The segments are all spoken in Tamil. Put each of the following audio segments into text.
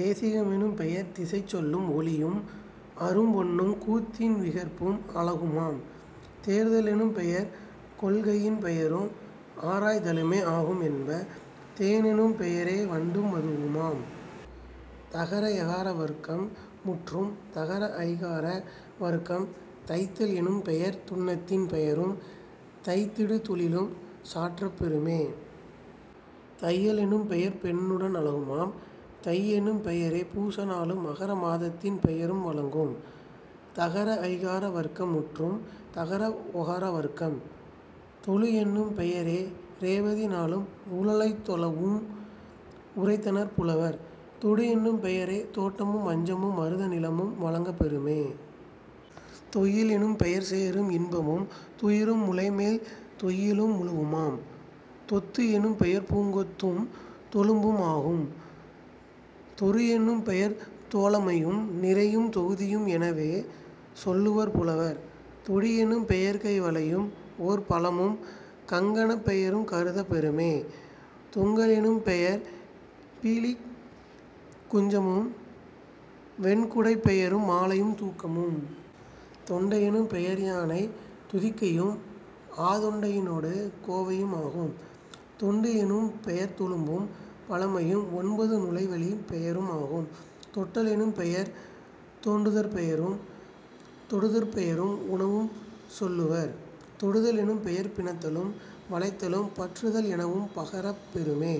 தேசிக மெனும்பெயர் திசைச்சொல்லு மொளியும் அரும் பொன்னுங் கூத்தின் விகற்பும் அழகுமாம்..... தேர்தல் எனும்பெயர் கொள்கையின் பெயரும் ஆராய் தலுமே யாகும் என்ப..... தேனெனும் பெயரே வண்டு மதுவுமாம்..... தகர ஏகார வருக்கம் முற்றும். தகர ஐகார வருக்கம் தைத்த லெனும்பெயர் துன்னத்தின் பெயரும் தைத்திடு தொழிலுஞ் சாற்றப் பெறுமே..... தைய லெனும்பெயர் பெண்ணுட னழகுமாம்..... தையெனும் பெயரே பூச நாளும் மகர மாதத்தின் பெயரும் வழங்கும்..... தகர ஐகார வருக்கம் முற்றும். தகர ஒகர வருக்கம் தொழுவெனும் பெயரே யிரேவதி நாளும் உழலைத் தொழுவு முரைத்தனர் புலவர்..... தொடுவெனும் பெயரே தோட்டமும் வஞ்சமும் மருத நிலமும் வழங்கப் பெறுமே..... தொய்யி லெனும்பெயர் சேறும் இன்பமும் துயிரு முலைமேற் றொய்யிலு முழுவுமாம்..... தொத்தெனும் பெயர்பூங் கொத்துந் தொழும்புமாம்.... தொறுவெனும் பெயரே தோழமு நிரையும் தொகுதியு மெனவே சொல்லுவர் புலவர்..... தொடியெனும் பெயர்கை வளையு மோர்பலமும் கங்கணப் பெயருங் கருதப் பெறுமே..... தொங்க லெனும் பெயர்பீலிக் குஞ்சமும் வெண்குடைப் பெயரு மாலையுந் தூக்கமும்..... தொண்டை யெனும்பெயர் யானைத் துதிக்கையும் ஆதொண்டை யினொடு கோவையு மாமே..... தொண்டெனும் பெயரே தொழும்பும் பழமையும் ஒன்பது நுழைவழிப் பெயரு மோதுவர்..... தொட்ட லெனும்பெயர் தோண்டுதற் பெயரும் தொடுதற் பெயரும் உணவும் சொல்லுவர்..... தொடுத்தல் எனும்பெயர் பிணித்தலும் வளைத்தலும் பற்றுத லெனவும் பகரப் பெறுமே.....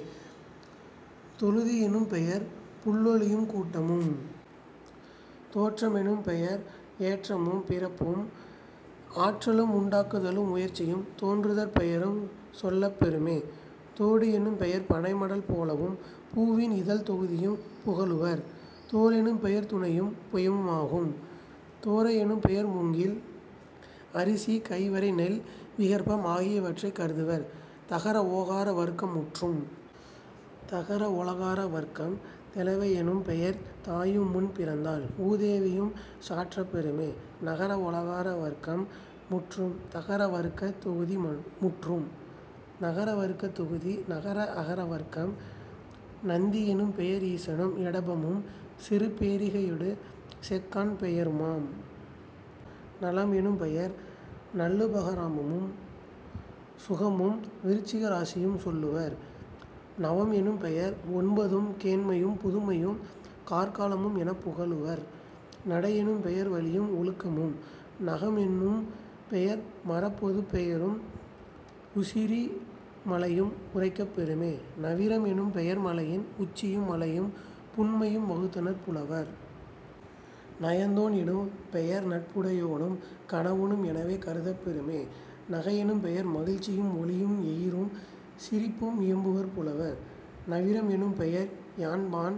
தொழுதி யெனும்பெயர் புள்ளொலியுங் கூட்டமும்....। தோற்ற மெனும்பெயர் ஏற்றமும் பிறப்பும் ஆற்றலும் உண்டாக் குதலும் உயர்ச்சியுந் தோன்றுதற் பெயரும் சொல்லப் பெறுமே..... தோடெனும் பெயரே பனைமடல் போலவும் பூவி னிதழும் தொகுதியும் புகலுவர்..... தோளெனும் பெயரே துணையும் புயமுமாம்..... தோரை யெனும்பெயர் மூங்கி லரிசியும் கைவரை யோடுநெல் விகற்பமும் கருதுவர்..... தகர ஓகார வருக்கம் முற்றும். தகர ஒளகார வருக்கம் தெளவை யெனும்பெயர் தாயுமுன் பிறந்தாளு மூதேவியுஞ் சாற்றப் பெறுமே..... தகர ஒளகார வருக்கம் முற்றும். தகர வருக்கத் தொகுதி முற்றும். வது நகர வருக்கத் தொகுதி நகர அகர வருக்கம் நந்தி யெனும் பெயர் ஈசனு மிடபமும் சிறுபே ரிகையொடு செக்கான் பெயருமாம்..... நலமெனும் பெயரே நல்லுப காரமும் சுகமும் விருச்சிக ராசியும் சொல்லுவர்..... நவமெனும் பெயரே யொன்பதுங் கேண்மையும் புதுமையுங் கார்கா லமுமெனப் புகலுவர்..... நடையெனும் பெயரே வழியு மொழுக்கமும்..... நகமெனும் பெயரே மரப்பொதுப் பெயரும் உசிரு மலையும் உரைக்கப் பெறுமே..... நவிர மெனும்பெயர் மலையி னுச்சியும் மலையும் புன்மையும் வகுத்தனர் புலவர்..... நயந்தோ னெனும்பெயர் நட்புடை யோனும் கணவனு மெனவே கருதப் பெறுமே..... நகையெனும் பெயரே மகிழ்ச்சியும் ஒளியும் எயிறும் சிரிப்பும் இயம்புவர் புலவர்..... நவிரெனும் பெயரே யாண்பான்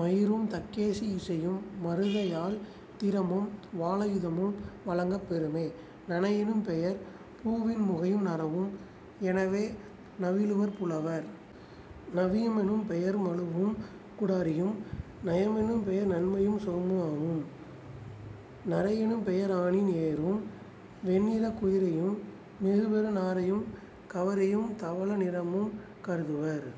மயிரும் தக்கேசி யிசையு மருதயாழ்த் திறமும் வாளா யுதமும் வழங்கப் பெறுமே..... நனையெனும் பெயரே பூவின் முகையும் நறவு மெனவே நவிலுவர் புலவர்..... நவிய மெனும்பெயர் மழுவும் குடாரியும்..... நயமெனும் பெயரே நன்மையுஞ் சுகமுமாம்..... நரையெனும் பெயரே ஆனி னேறும் வெண்ணிறக் குதிரையு மிகுபெறு நாரையும் கவரியுந் தவள நிறமும் கருதுவர்.